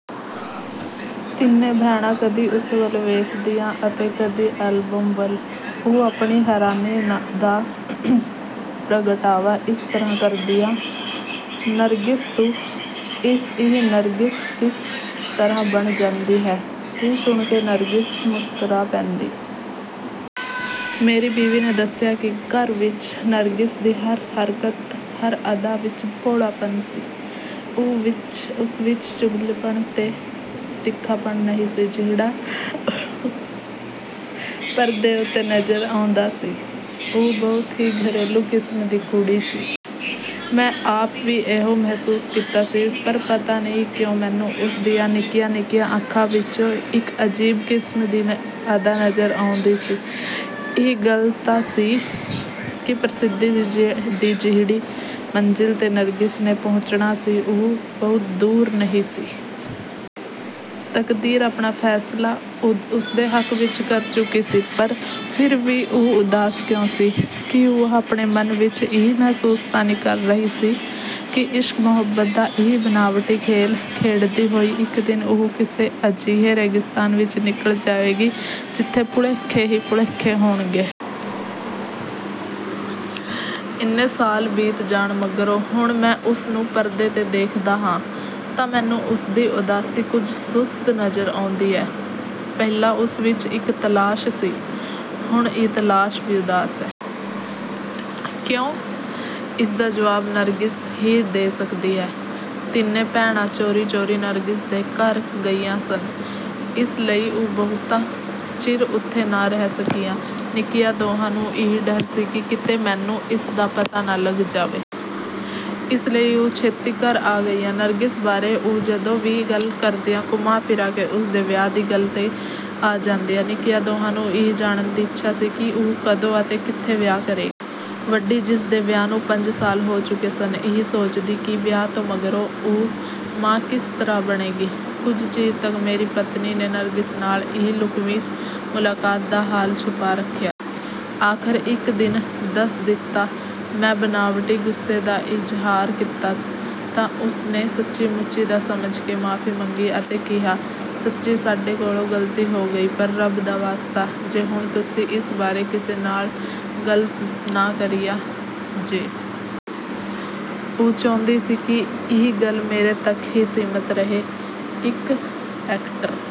ਤਿੰਨੇ ਭੈਣਾਂ ਕਦੀ ਉਸ ਵੱਲ ਵੇਖਦੀਆਂ ਅਤੇ ਕਦੀ ਐਲਬਮ ਵੱਲ। ਉਹ ਆਪਣੀ ਹੈਰਾਨੀ ਦਾ ਪ੍ਰਗਟਾਵਾ ਇਸ ਤਰ੍ਹਾਂ ਕਰਦੀਆਂ "ਨਰਗਿਸ ਤੂੰ ਇਹ ਨਰਗਿਸ ਕਿਸ ਤਰ੍ਹਾਂ ਬਣ ਜਾਂਦੀ ਹੈ?" ਇਹ ਸੁਣ ਕੇ ਨਰਗਿਸ ਮੁਸਕਰਾ ਪੈਂਦੀ। ਮੇਰੀ ਬੀਵੀ ਨੇ ਦੱਸਿਆ ਕਿ ਘਰ ਵਿੱਚ ਨਰਗਿਸ ਦੀ ਹਰ ਹਰਕਤ ਹਰ ਅਦਾ ਵਿੱਚ ਭੋਲਾਪਨ ਸੀ। ਉਸ ਵਿੱਚ ਚੁਲਬੁਲਾਪਨ ਤੇ ਤਿੱਖਾਪਣ ਨਹੀਂ ਸੀ ਜਿਹੜਾ ਪਰਦੇ ਉੱਤੇ ਨਜ਼ਰ ਆਉਂਦਾ ਹੈ। ਉਹ ਬਹੁਤ ਹੀ ਘਰੇਲੂ ਕਿਸਮ ਦੀ ਕੁੜੀ ਸੀ। ਮੈਂ ਆਪ ਵੀ ਇਹੋ ਮਹਿਸੂਸ ਕੀਤਾ ਸੀ ਪਰ ਪਤਾ ਨਹੀਂ ਕਿਉਂ ਮੈਨੂੰ ਉਸ ਦੀਆਂ ਨਿੱਕੀਆਂ ਨਿੱਕੀਆਂ ਅੱਖਾਂ ਵਿੱਚੋਂ ਇੱਕ ਅਜੀਬ ਕਿਸਮ ਦੀ ਅਦਾ ਨਜ਼ਰ ਆਉਂਦੀ ਸੀ। ਇਹ ਗੱਲ ਤੈਅ ਸੀ ਕਿ ਪ੍ਰਸਿੱਧੀ ਦੀ ਜਿਹੜੀ ਮੰਜ਼ਲ ਤੇ ਨਰਗਿਸ ਨੇ ਪਹੁੰਚਣਾ ਸੀ ਉਹ ਬਹੁਤ ਦੂਰ ਨਹੀਂ ਸੀ। ਤਕਦੀਰ ਆਪਣਾ ਫੈਸਲਾ ਉਸਦੇ ਹੱਕ ਵਿੱਚ ਕਰ ਚੁੱਕੀ ਸੀ ਪਰ ਫਿਰ ਵੀ ਉਹ ਉਦਾਸ ਕਿਉਂ ਸੀ? ਕੀ ਉਹ ਆਪਣੇ ਮਨ ਵਿੱਚ ਇਹ ਮਹਿਸੂਸ ਤਾਂ ਨਹੀਂ ਕਰ ਰਹੀ ਸੀ ਕਿ ਇਸ਼ਕ-ਮੁਹੱਬਤ ਦਾ ਇਹ ਬਨਾਵਟੀ ਖੇਲ ਖੇਡਦੀ ਹੋਈ ਇੱਕ ਦਿਨ ਉਹ ਕਿਸੇ ਅਜਿਹੇ ਰੇਗਿਸਤਾਨ ਵਿੱਚ ਨਿਕਲ ਜਾਵੇਗੀ ਜਿੱਥੇ ਭੁਲੇਖੇ ਹੀ ਭੁਲੇਖੇ ਹੋਣਗੇ। ਇੰਨੇ ਸਾਲ ਬੀਤ ਜਾਣ ਮਗਰੋਂ ਹੁਣ ਮੈਂ ਉਸ ਨੂੰ ਪਰਦੇ ਤੇ ਦੇਖਦਾ ਹਾਂ ਤਾਂ ਮੈਨੂੰ ਉਸਦੀ ਉਦਾਸੀ ਕੁਝ ਸੁਸਤ ਨਜ਼ਰ ਆਉਂਦੀ ਹੈ। ਪਹਿਲਾਂ ਉਸ ਵਿੱਚ ਇੱਕ ਤਲਾਸ਼ ਸੀ। ਹੁਣ ਇਹ ਤਲਾਸ਼ ਵੀ ਉਦਾਸ ਹੈ। ਕਿਉਂ? ਇਸਦਾ ਜਵਾਬ ਨਰਗਿਸ ਹੀ ਦੇ ਸਕਦੀ ਹੈ। ਤਿੰਨੇ ਭੈਣਾਂ ਚੋਰੀ ਚੋਰੀ ਨਰਗਿਸ ਦੇ ਘਰ ਗਈਆਂ ਸਨ। ਇਸ ਲਈ ਉਹ ਬਹੁਤਾ ਚਿਰ ਉਥੇ ਨਾ ਰਹਿ ਸਕੀਆਂ। ਨਿੱਕੀਆਂ ਦੋਹਾਂ ਨੂੰ ਇਹ ਡਰ ਸੀ ਕਿ ਕਿਤੇ ਮੈਨੂੰ ਇਸ ਦਾ ਪਤਾ ਨਾ ਲੱਗ ਜਾਏ। ਇਸ ਲਈ ਉਹ ਛੇਤੀ ਘਰ ਆ ਗਈਆਂ। ਨਰਗਿਸ ਬਾਰੇ ਉਹ ਜਦੋਂ ਵੀ ਗੱਲ ਕਰਦੀਆਂ ਘੁੰਮਾ ਫਿਰਾ ਕੇ ਉਸ ਦੇ ਵਿਆਹ ਦੀ ਗੱਲ ਤੇ ਆ ਜਾਂਦੀਆਂ। ਨਿੱਕੀਆਂ ਦੋਹਾਂ ਨੂੰ ਇਹ ਜਾਣਨ ਦੀ ਇੱਛਾ ਸੀ ਕਿ ਉਹ ਕਦੋਂ ਅਤੇ ਕਿੱਥੇ ਵਿਆਹ ਕਰੇਗੀ? ਵੱਡੀ ਜਿਸ ਦੇ ਵਿਆਹ ਨੂੰ ਪੰਜ ਸਾਲ ਹੋ ਚੁੱਕੇ ਸਨ ਇਹ ਸੋਚਦੀ ਸੀ ਕਿ ਵਿਆਹ ਤੋਂ ਮਗਰੋਂ ਉਹ ਮਾਂ ਕਿਸ ਤਰ੍ਹਾਂ ਬਣੇਗੀ। ਕੁਝ ਚਿਰ ਤੱਕ ਮੇਰੀ ਪਤਨੀ ਨੇ ਨਰਗਿਸ ਨਾਲ ਇਸ ਲੁਕਵੀਂ ਮੁਲਾਕਾਤ ਦਾ ਹਾਲ ਛੁਪਾਈ ਰੱਖਿਆ। ਆਖਰ ਇੱਕ ਦਿਨ ਦੱਸ ਦਿੱਤਾ। ਮੈਂ ਬਨਾਵਟੀ ਗੁੱਸੇ ਦਾ ਇਜ਼ਹਾਰ ਕੀਤਾ ਤਾਂ ਉਸ ਨੇ ਸੱਚੀ-ਮੁੱਚੀ ਦਾ ਸਮਝ ਕੇ ਮਾਫ਼ੀ ਮੰਗੀ ਅਤੇ ਕਿਹਾ "ਸੱਚੀਂ ਸਾਡੇ ਕੋਲੋਂ ਗਲਤੀ ਹੋ ਗਈ ਪਰ ਰੱਬ ਦਾ ਵਾਸਤਾ ਜੇ ਹੁਣ ਤੁਸੀਂ ਇਸ ਬਾਰੇ ਕਿਸੇ ਨਾਲ ਗੱਲ ਨਾ ਕਰਿਆ ਜੇ।" ਉਹ ਚਾਹੁੰਦੀ ਸੀ ਕਿ ਇਹ ਗੱਲ ਮੇਰੇ ਤੱਕ ਹੀ ਸੀਮਤ ਰਹੇ। ਇੱਕ ਐਕਟਰ